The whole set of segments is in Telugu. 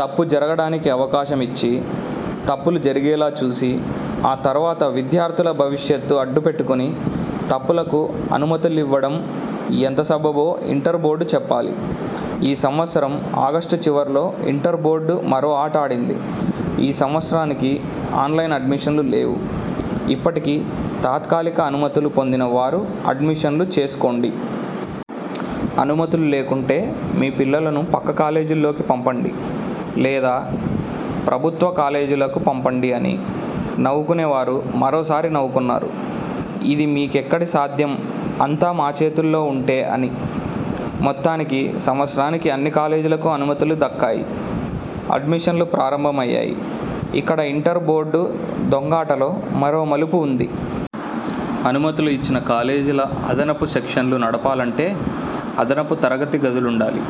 తప్పు జరగడానికి అవకాశమిచ్చి, తప్పులు జరిగేలా చూసి, ఆ తర్వాత విద్యార్థుల భవిష్యత్తు అడ్డుపెట్టుకుని తప్పులకు అనుమతులివ్వడం ఎంత సబబో ఇంటర్ బోర్డు చెప్పాలి. ఈ సంవత్సరం ఆగస్టు చివర్లో ఇంటర్ బోర్డు మరో ఆటాడింది. 'ఈ సంవత్సరానికి ఆన్లైన్ అడ్మిషన్లు లేవు' ఇప్పటికి తాత్కాలిక అనుమతులు పొందిన వారు అడ్మిషన్లు చేసుకోండి. అనుమతులు లేకుంటే మీ పిల్లలను పక్క కాలేజీల్లోకి పంపండి. లేదా ప్రభుత్వ కాలేజీలకు పంపండి అని. నవ్వుకునేవారు మరోసారి నవ్వుకున్నారు. 'ఇది మీకెక్కడ సాధ్యం అంతా మా చేతుల్లో ఉంటే' అని. మొత్తానికి సంవత్సరానికి అన్ని కాలేజీలకు అనుమతులు దక్కాయి. అడ్మిషన్లు ప్రారంభమయ్యాయి. ఇక్కడ ఇంటర్ బోర్డు దొంగాటలో మరో మలుపు ఉంది. అనుమతులు ఇచ్చిన కాలేజీల అదనపు సెక్షన్లు నడపాలంటే అదనపు తరగతి గదులుండాలి.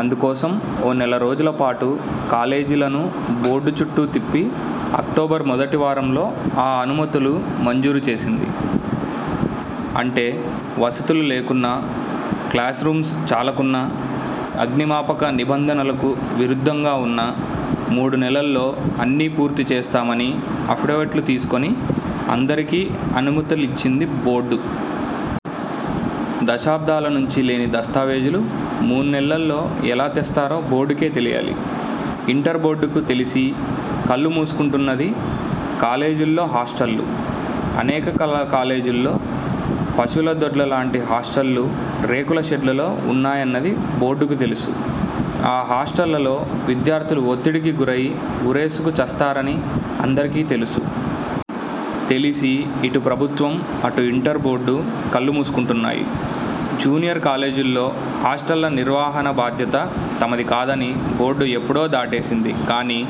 అందుకోసం ఓ నెలరోజుల పాటు కాలేజీలను బోర్డు చుట్టూ తిప్పి అక్టోబర్ మొదటి వారంలో ఆ అనుమతులూ మంజూరు చేసింది. అంటే – వసతులు లేకున్నా, క్లాస్రూమ్స్ చాలకున్నా, అగ్నిమాపక నిబంధనలకు విరుద్ధంగా ఉన్నా – మూడునెలల్లో అన్నీ పూర్తిచేస్తామని అఫిడవిట్లు తీసుకుని అందరికీ అనుమతులిచ్చింది బోర్డు. దశాబ్దాల నుంచి లేని దస్తావేజులు మూణ్ణెల్లలో ఎలాతెస్తారో బోర్డుకేతెలియాలి. ఇంటర్ బోర్డుకు తెలిసీ కళ్లుమూసుకుంటున్నది కాలేజీల్లో హాస్టళ్లు. అనేక కాలేజీల్లో పశువుల దొడ్ల లాంటి హాస్టళ్లు రేకుల షెడ్లలో ఉన్నాయన్నది బోర్డుకు తెలుసు. ఆ హాస్టళ్లలో విద్యార్థులు ఒత్తిడికి గురయి ఉరేసుకు చస్తున్నారని అందరికీ తెలుసు. తెలిసీ, ఇటు ప్రభుత్వం, అటు ఇంటర్ బోర్డు కళ్లు మూసుకుంటున్నాయి. జూనియర్ కాలేజీల్లో హాస్టళ్ల నిర్వహణ బాధ్యత తమది కాదని బోర్డు ఎప్పుడో దాటేసింది కాని,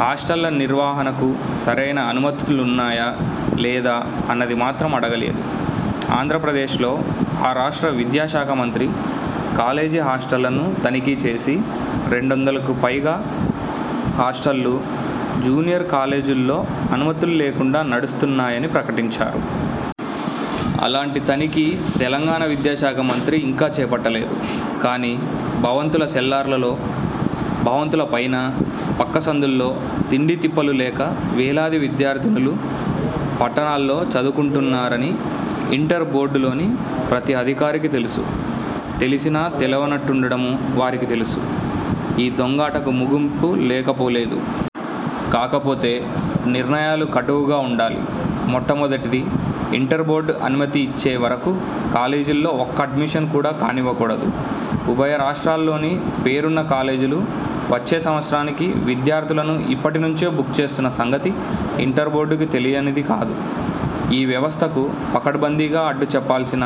హాస్టళ్ల నిర్వహణకు సరయిన అనుమతులున్నాయా లేదా అన్నది మాత్రం అడగలేదు. ఆంధ్రప్రదేశ్లో, ఆ రాష్ట్ర విద్యా శాఖ మంత్రి కాలేజీ హాస్టళ్లను తనిఖీ చేసి, రెండొందల పైగా హాస్టళ్లు జూనియర్ కాలేజీల్లో అనుమతుల్లేకుండా నడుస్తున్నాయని ప్రకటించారు. అలాంటి తనిఖీ తెలంగాణ విద్యా శాఖ మంత్రి ఇంకా చేపట్టలేదు. కాని, భవంతుల సెల్లార్లలో, భవంతులపైనా, పక్క సందుల్లో, తిండీ తిప్పలు లేక వేలాది విద్యార్థినులు పట్టణాల్లో చదువుకుంటున్నారని ఇంటర్ బోర్డులోని ప్రతి అధికారికీ తెలుసు. తెలిసినా తెలవనట్టుండటమూ వారికీ తెలుసు. ఈ దొంగాటకు ముగింపు లేకపోలేదు. కాకపోతే నిర్ణయాలు కటువుగా వుండాలి. మొట్టమొదటిది, ఇంటర్ బోర్డు అనుమతి ఇచ్చే వరకూ కాలేజీల్లో ఒక్క అడ్మిషన్ కూడా కానివ్వకూడదు. ఉభయ రాష్ర్టాల్లోని పేరున్న కాలేజీలు వచ్చే సంవత్సరానికి విద్యార్థులను ఇప్పటి నుంచే బుక్ చేస్తున్న సంగతి ఇంటర్ బోర్డుకు తెలియనిది కాదు. ఈ వ్యవస్థకు పకడ్బందీగా అడ్డుచెప్పాల్సిన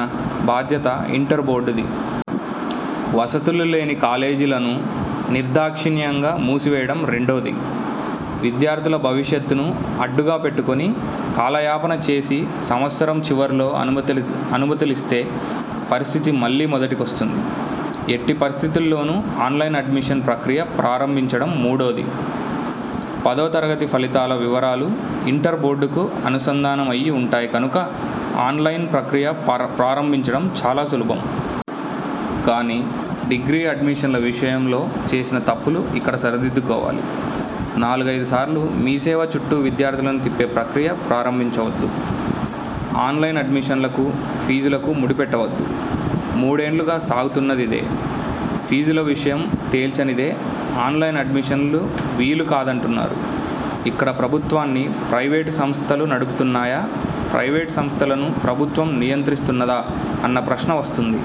బాధ్యత ఇంటర్ బోర్డుది. వసతులు లేని కాలేజీలను నిర్దాక్షిణ్యంగా మూసేయడం రెండోది. విద్యార్థుల భవిష్యత్తును అడ్డుగా పెట్టుకుని కాలయాపన చేసి సంవత్సరం చివర్లో అనుమతులిస్తే పరిస్థితి మళ్లీ మొదటికొస్తుంది. ఎట్టి పరిస్థితుల్లోనూ ఆన్లైన్ అడ్మిషన్ ప్రక్రియ ప్రారంభించడం మూడోది. పదో తరగతి ఫలితాల వివరాలు ఇంటర్ బోర్డుకు అనుసంధానం అయి ఉంటాయి కనుక, ఆన్లైన్ ప్రక్రియ ప్రారంభించడం చాలా సులభం. కానీ డిగ్రీ అడ్మిషన్ల విషయంలో చేసిన తప్పులు ఇక్కడ సరిదిద్దుకోవాలి. నాలుగైదు సార్లు మీసేవ చుట్టూ విద్యార్థులను తిప్పే ప్రక్రియ ప్రారంభించొద్దు. ఆన్లైన్ అడ్మిషన్లకూ, ఫీజులకూ ముడిపెట్టవద్దు. మూడేండ్లుగా సాగుతున్నదిదే. ఫీజుల విషయం తేల్చనిదే ఆన్లైన్ అడ్మిషన్లు వీలు కాదంటున్నారు. ఇక్కడ ప్రభుత్వాన్ని ప్రైవేటు సంస్థలు నడుపుతున్నాయా, ప్రైవేటు సంస్థలను ప్రభుత్వం నియంత్రిస్తున్నదా అన్న ప్రశ్న వస్తుంది.